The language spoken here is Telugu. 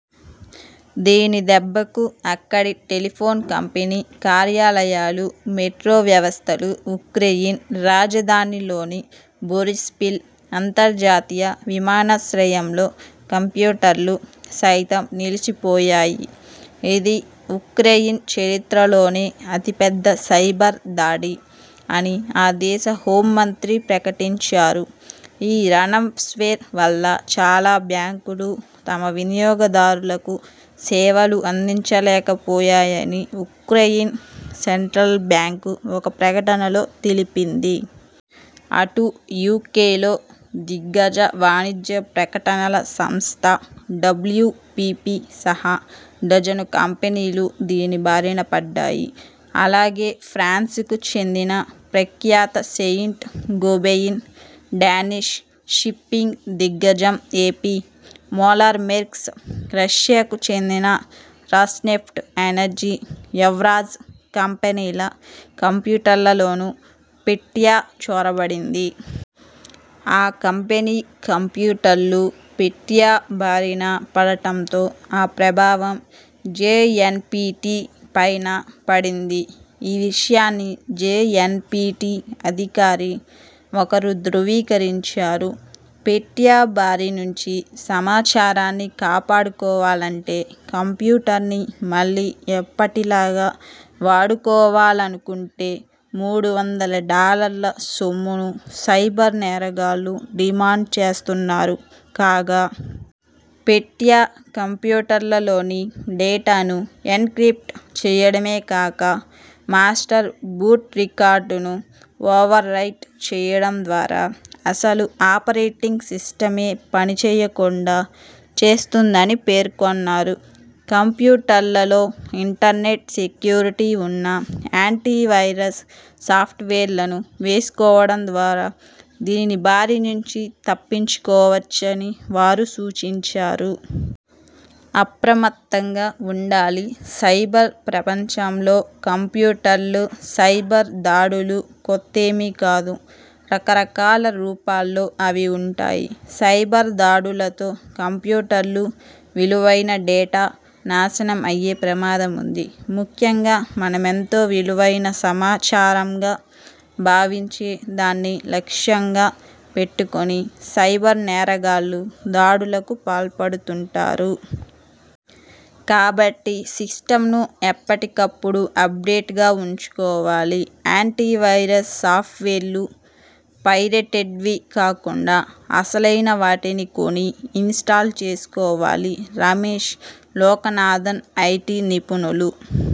దీని దెబ్బకు అక్కడి టెలిఫోన్ కంపెనీ కార్యాలయాలు, మెట్రో వ్యవస్థలు, ఉక్రెయిన్ రాజధానిలోని బోరిస్పిల్ అంతర్జాతీయ విమానాశ్రయంలో కంప్యూటర్లు సైతం నిలిచిపోయాయి. ఇది ఉక్రెయిన్ చరిత్రలోనే అతిపెద్ద సైబర్ దాడి అని ఆ దేశ హోం మంత్రి ప్రకటించారు. ఈ రాన్సమ్వేర్ వల్ల చాలా బ్యాంకులు తమ వినియోగదారులకు సేవలు అందించలేకపోయాయని ఉక్రెయిన్ సెంట్రల్ బ్యాంకు ఒక ప్రకటనలో తెలిపింది. అటు యూకేలో.. దిగ్గజ వాణిజ్యప్రకటనల సంస్థ డబ్ల్యూపీపీ సహా డజను కంపెనీలు దీని బారిన పడ్డాయి. అలాగే, ఫ్రాన్స్ కు చెందిన ప్రఖ్యాత సెయింట్ గోబెయిన్, డానిష్ షిప్పింగ్ దిగ్గజం ఏపీ మోలర్-మెర్స్క్, రష్యాకు చెందిన రాస్నెఫ్ట్ ఎనర్జీ, ఎవ్రాజ్ కంపెనీల కంప్యూటర్లలోనూ 'పెట్యా' చొరబడింది. ఆ కంపెనీ కంప్యూటర్లు పెట్యా బారిన పడటంతో ఆ ప్రభావం జేఎన్పీటీపైనా పడింది. ఈ విషయాన్ని జేఎన్పీటీ అధికారి ఒకరు ధ్రువీకరించారు. పెట్యా బారి నుంచి సమాచారాన్ని కాపాడుకోవాలంటే కంప్యూటర్ని మళ్లీ ఎప్పటిలాగా వాడుకోవాలనుకుంటే.. మూడు వందల డాలర్ల సొమ్మును సైబర్ నేరగాళ్లు డిమాండ్ చేస్తున్నారు కాగా. పెట్యా కంప్యూటర్లలోని డేటాను ఎన్క్రిప్ట్ చేయడమే కాక. మాస్టర్ బూట్ రికార్డును ఓవర్ రైట్ చేయడం ద్వారా అసలు ఆపరేటింగ్ సిస్టమే పనిచేయకుండా చేస్తుందని పేర్కొన్నారు. కంప్యూటర్లలో ఇంటర్నెట్ సెక్యూరిటీ ఉన్న యాంటీ వైరస్ సాఫ్ట్వేర్లను వేసుకోవడం ద్వారా దీని బారి నుంచి తప్పించుకోవచ్చని వారు సూచించారు. అప్రమత్తంగా ఉండాలిసైబర్ ప్రపంచంలో కంప్యూటర్ల్ సైబర్ దాడులు కొత్తేమి కాదు. రకరకాల రూపాల్లో అవి ఉంటాయి. సైబర్ దాడులతో కంప్యూటర్లు, విలువైన డేటా నాశనం అయ్యే ప్రమాదం ఉంది. ముఖ్యంగా మనం ఎంతో విలువైన సమాచారంగా భావించే దాన్ని లక్ష్యంగా పెట్టుకొని సైబర్ నేరగాళ్లు దాడులకు పాల్పడుతుంటారు. కాబట్టి సిస్టమ్ ను ఎప్పటికప్పుడు అప్డేట్ గా ఉంచుకోవాలి. యాంటీవైరస్ సాఫ్ట్వేర్లు పైరేటెడ్వి కాకుండా అసలైనవాటిని కొని ఇన్స్టాల్ చేసుకోవాలి. -రమేష్ లోకనాథన్, ఐటీ నిపుణులు